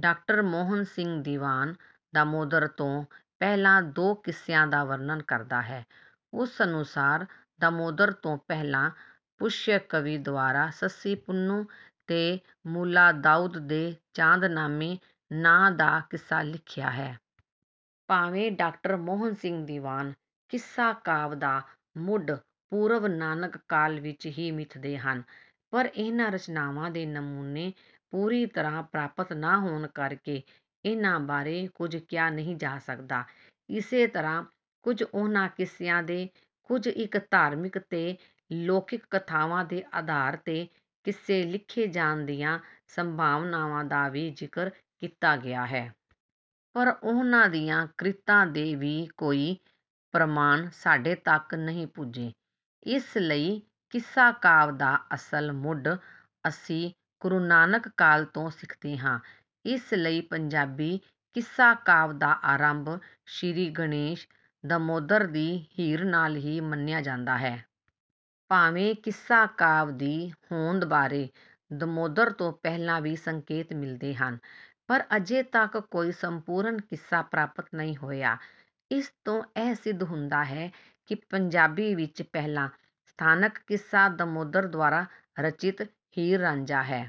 ਡਾ. ਮੋਹਨ ਸਿੰਘ ਦੀਵਾਨ ਦਮੋਦਰ ਤੋਂ ਪਹਿਲਾਂ ਦੋ ਕਿੱਸਿਆਂ ਦਾ ਵਰਣਨ ਕਰਦਾ ਹੈ। ਉਸ ਅਨੁਸਾਰ, ਦਮੋਦਰ ਤੋਂ ਪਹਿਲਾਂ ਪੁਸ਼ਯ ਕਵੀ ਦੁਆਰਾ ‘ਸੱਸੀ-ਪੁੰਨੂੰ’ ਤੇ ਮੁਲਾ ਦਾਊਦ ਦੇ ‘ਚਾਂਦ ਨਾਮੇ’ ਨਾਂ ਦਾ ਕਿੱਸਾ ਲਿਖਿਆ ਹੈ। ਭਾਵੇਂ ਡਾ. ਮੋਹਨ ਸਿੰਘ ਦੀਵਾਨ ਕਿੱਸਾ-ਕਾਵਿ ਦਾ ਮੁੱਢ ਪੂਰਵ-ਨਾਨਕ ਕਾਲ ਵਿੱਚ ਹੀ ਮਿਥਦੇ ਹਨ, ਪਰ ਇਹਨਾਂ ਰਚਨਾਵਾਂ ਦੇ ਨਮੂਨੇ ਪੂਰੀ ਤਰ੍ਹਾਂ ਪ੍ਰਾਪਤ ਨਾ ਹੋਣ ਕਰਕੇ ਇਹਨਾਂ ਬਾਰੇ ਕੁਝ ਕਿਹਾ ਨਹੀਂ ਜਾ ਸਕਦਾ। ਏਸੇ ਤਰ੍ਹਾਂ ਕੁਝ ਉਹਨਾਂ ਕਿੱਸਿਆਂ ਦੇ, ਕੁਝ ਇੱਕ ਧਾਰਮਿਕ ਤੇ ਲੋਕਿਕ ਕਥਾਵਾਂ ਦੇ ਆਧਾਰ ’ਤੇ, ਕਿੱਸੇ ਲਿਖੇ ਜਾਣ ਦੀਆਂ ਸੰਭਾਵਨਾਵਾਂ ਦਾ ਵੀ ਜ਼ਿਕਰ ਕੀਤਾ ਗਿਆ ਹੈ। ਪਰ ਉਹਨਾਂ ਦੀਆਂ ਕ੍ਰਿਤਾਂ ਦੇ ਵੀ ਕੋਈ ਪ੍ਰਮਾਣ ਸਾਡੇ ਤੱਕ ਨਹੀਂ ਪੁੱਜੇ। ਇਸ ਲਈ ਕਿੱਸਾ-ਕਾਵਿ ਦਾ ਅਸਲ ਮੁੱਢ ਅਸੀਂ ਗੁਰੂ ਨਾਨਕ ਕਾਲ ਤੋਂ ਸਿੱਖਦੇ ਹਾਂ। ਇਸ ਲਈ ਪੰਜਾਬੀ ਕਿੱਸਾ-ਕਾਵਿ ਦਾ ਆਰੰਭ ਸ੍ਰੀ ਗਣੇਸ਼, ਦਮੋਦਰ ਦੀ ਹੀਰ ਨਾਲ ਹੀ ਮੰਨਿਆ ਜਾਂਦਾ ਹੈ। ਭਾਵੇਂ ਕਿੱਸਾ-ਕਾਵਿ ਦੀ ਹੋਂਦ ਬਾਰੇ ਦਮੋਦਰ ਤੋਂ ਪਹਿਲਾਂ ਵੀ ਸੰਕੇਤ ਮਿਲਦੇ ਹਨ, ਪਰ ਅਜੇ ਤੱਕ ਕੋਈ ਸੰਪੂਰਨ ਕਿੱਸਾ ਪ੍ਰਾਪਤ ਨਹੀਂ ਹੋਇਆ। ਇਸ ਤੋਂ ਇਹ ਸਿੱਧ ਹੁੰਦਾ ਹੈ ਕਿ ਪੰਜਾਬੀ ਵਿੱਚ ਪਹਿਲਾ ਸਥਾਨਕ ਕਿੱਸਾ ਦਮੋਦਰ ਦੁਆਰਾ ਰਚਿਤ ‘ਹੀਰ-ਰਾਂਝਾ’ ਹੈ।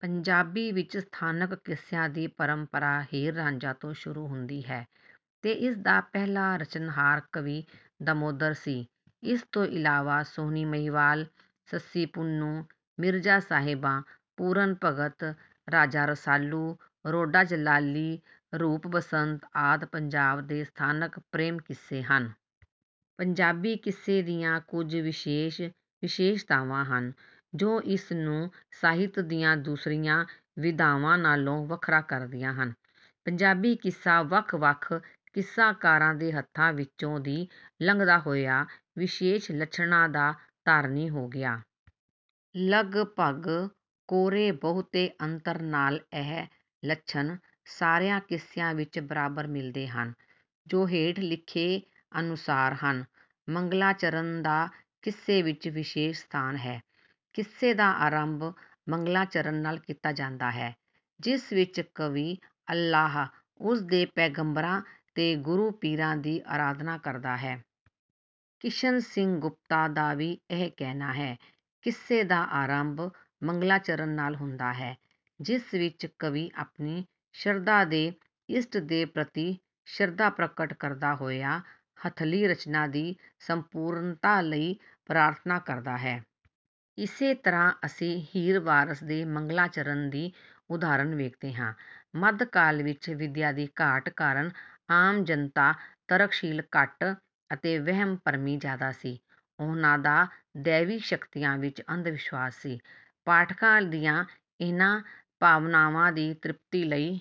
“ਪੰਜਾਬੀ ਵਿੱਚ ਸਥਾਨਕ ਕਿੱਸਿਆਂ ਦੀ ਪਰੰਪਰਾ ‘ਹੀਰ-ਰਾਂਝਾ’ ਤੋਂ ਸ਼ੁਰੂ ਹੁੰਦੀ ਹੈ ਤੇ ਇਸ ਦਾ ਪਹਿਲਾ ਰਚਨਹਾਰ ਕਵੀ ਦਮੋਦਰ ਸੀ। ਇਸ ਤੋਂ ਇਲਾਵਾ ‘ਸੋਹਣੀ-ਮਹੀਂਵਾਲ’, ‘ਸੱਸੀ-ਪੁੰਨੂੰ’, ‘ਮਿਰਜ਼ਾ-ਸਾਹਿਬਾਂ’, ‘ਪੂਰਨ ਭਗਤ’, ‘ਰਾਜਾ ਰਸਾਲੂ’, ‘ਰੋਡਾ ਜਲਾਲੀ’, ‘ਰੂਪ-ਬਸੰਤ’ ਆਦਿ ਪੰਜਾਬ ਦੇ ਸਥਾਨਕ ਪ੍ਰੇਮ-ਕਿੱਸੇ ਹਨ।” ਪੰਜਾਬੀ ਕਿੱਸੇ ਦੀਆਂ ਕੁਝ ਵਿਸ਼ੇਸ਼ ਵਿਸ਼ੇਸ਼ਤਾਵਾਂ ਹਨ, ਜੋ ਇਸ ਨੂੰ ਸਾਹਿਤ ਦੀਆਂ ਦੂਸਰੀਆਂ ਵਿਧਾਵਾਂ ਨਾਲੋਂ ਵੱਖਰਾ ਕਰਦੀਆਂ ਹਨ। ਪੰਜਾਬੀ ਕਿੱਸਾ ਵੱਖ-ਵੱਖ ਕਿੱਸਾਕਾਰਾਂ ਦੇ ਹੱਥਾਂ ਵਿੱਚੋਂ ਦੀ ਲੰਘਦਾ ਹੋਇਆ ਵਿਸ਼ੇਸ਼ ਲੱਛਣਾਂ ਦਾ ਧਾਰਨੀ ਹੋ ਗਿਆ। ਲਗਭਗ ਕੋਰੇ-ਬਹੁਤੇ ਅੰਤਰ ਨਾਲ ਇਹ ਲੱਛਣ ਸਾਰਿਆਂ ਕਿੱਸਿਆਂ ਵਿੱਚ ਬਰਾਬਰ ਮਿਲਦੇ ਹਨ, ਜੋ ਹੇਠ ਲਿਖੇ ਅਨੁਸਾਰ ਹਨ: ਮੰਗਲਾਚਰਣ ਦਾ ਕਿੱਸੇ ਵਿੱਚ ਵਿਸ਼ੇਸ਼ ਸਥਾਨ ਹੈ। ਕਿੱਸੇ ਦਾ ਆਰੰਭ ਮੰਗਲਾਚਰਣ ਨਾਲ ਕੀਤਾ ਜਾਂਦਾ ਹੈ, ਜਿਸ ਵਿੱਚ ਕਵੀ ਅੱਲਾਹ, ਉਸ ਦੇ ਪੈਗੰਬਰਾਂ ਤੇ ਗੁਰੂ-ਪੀਰਾਂ ਦੀ ਅਰਾਧਨਾ ਕਰਦਾ ਹੈ। ਕਿਸ਼ਨ ਸਿੰਘ ਗੁਪਤਾ ਦਾ ਵੀ ਇਹ ਕਹਿਣਾ ਹੈ, “ਕਿੱਸੇ ਦਾ ਆਰੰਭ ਮੰਗਲਾਚਰਣ ਨਾਲ ਹੁੰਦਾ ਹੈ, ਜਿਸ ਵਿੱਚ ਕਵੀ ਆਪਣੀ ਸ਼ਰਧਾ ਦੇ ਇਸ਼ਟਦੇਵ ਪ੍ਰਤੀ ਸ਼ਰਧਾ ਪ੍ਰਗਟ ਕਰਦਾ ਹੋਇਆ ਹੱਥਲੀ ਰਚਨਾ ਦੀ ਸੰਪੂਰਨਤਾ ਲਈ ਪ੍ਰਾਰਥਨਾ ਕਰਦਾ ਹੈ।” ਇਸੇ ਤਰ੍ਹਾਂ ਅਸੀਂ ‘ਹੀਰ ਵਾਰਿਸ’ ਦੇ ਮੰਗਲਾਚਰਣ ਦੀ ਉਦਾਹਰਨ ਵੇਖਦੇ ਹਾਂ। ਮੱਧਕਾਲ ਵਿੱਚ ਵਿੱਦਿਆ ਦੀ ਘਾਟ ਕਾਰਣ ਆਮ ਜਨਤਾ ਤਰਕਸ਼ੀਲ ਘੱਟ ਅਤੇ ਵਹਿਮ-ਭਰਮੀ ਜ਼ਿਆਦਾ ਸੀ। ਉਹਨਾਂ ਦਾ ਦੈਵੀ ਸ਼ਕਤੀਆਂ ਵਿੱਚ ਅੰਧਵਿਸ਼ਵਾਸ ਸੀ। ਪਾਠਕਾਂ ਦੀਆਂ ਇਹਨਾਂ ਭਾਵਨਾਵਾਂ ਦੀ ਤ੍ਰਿਪਤੀ ਲਈ...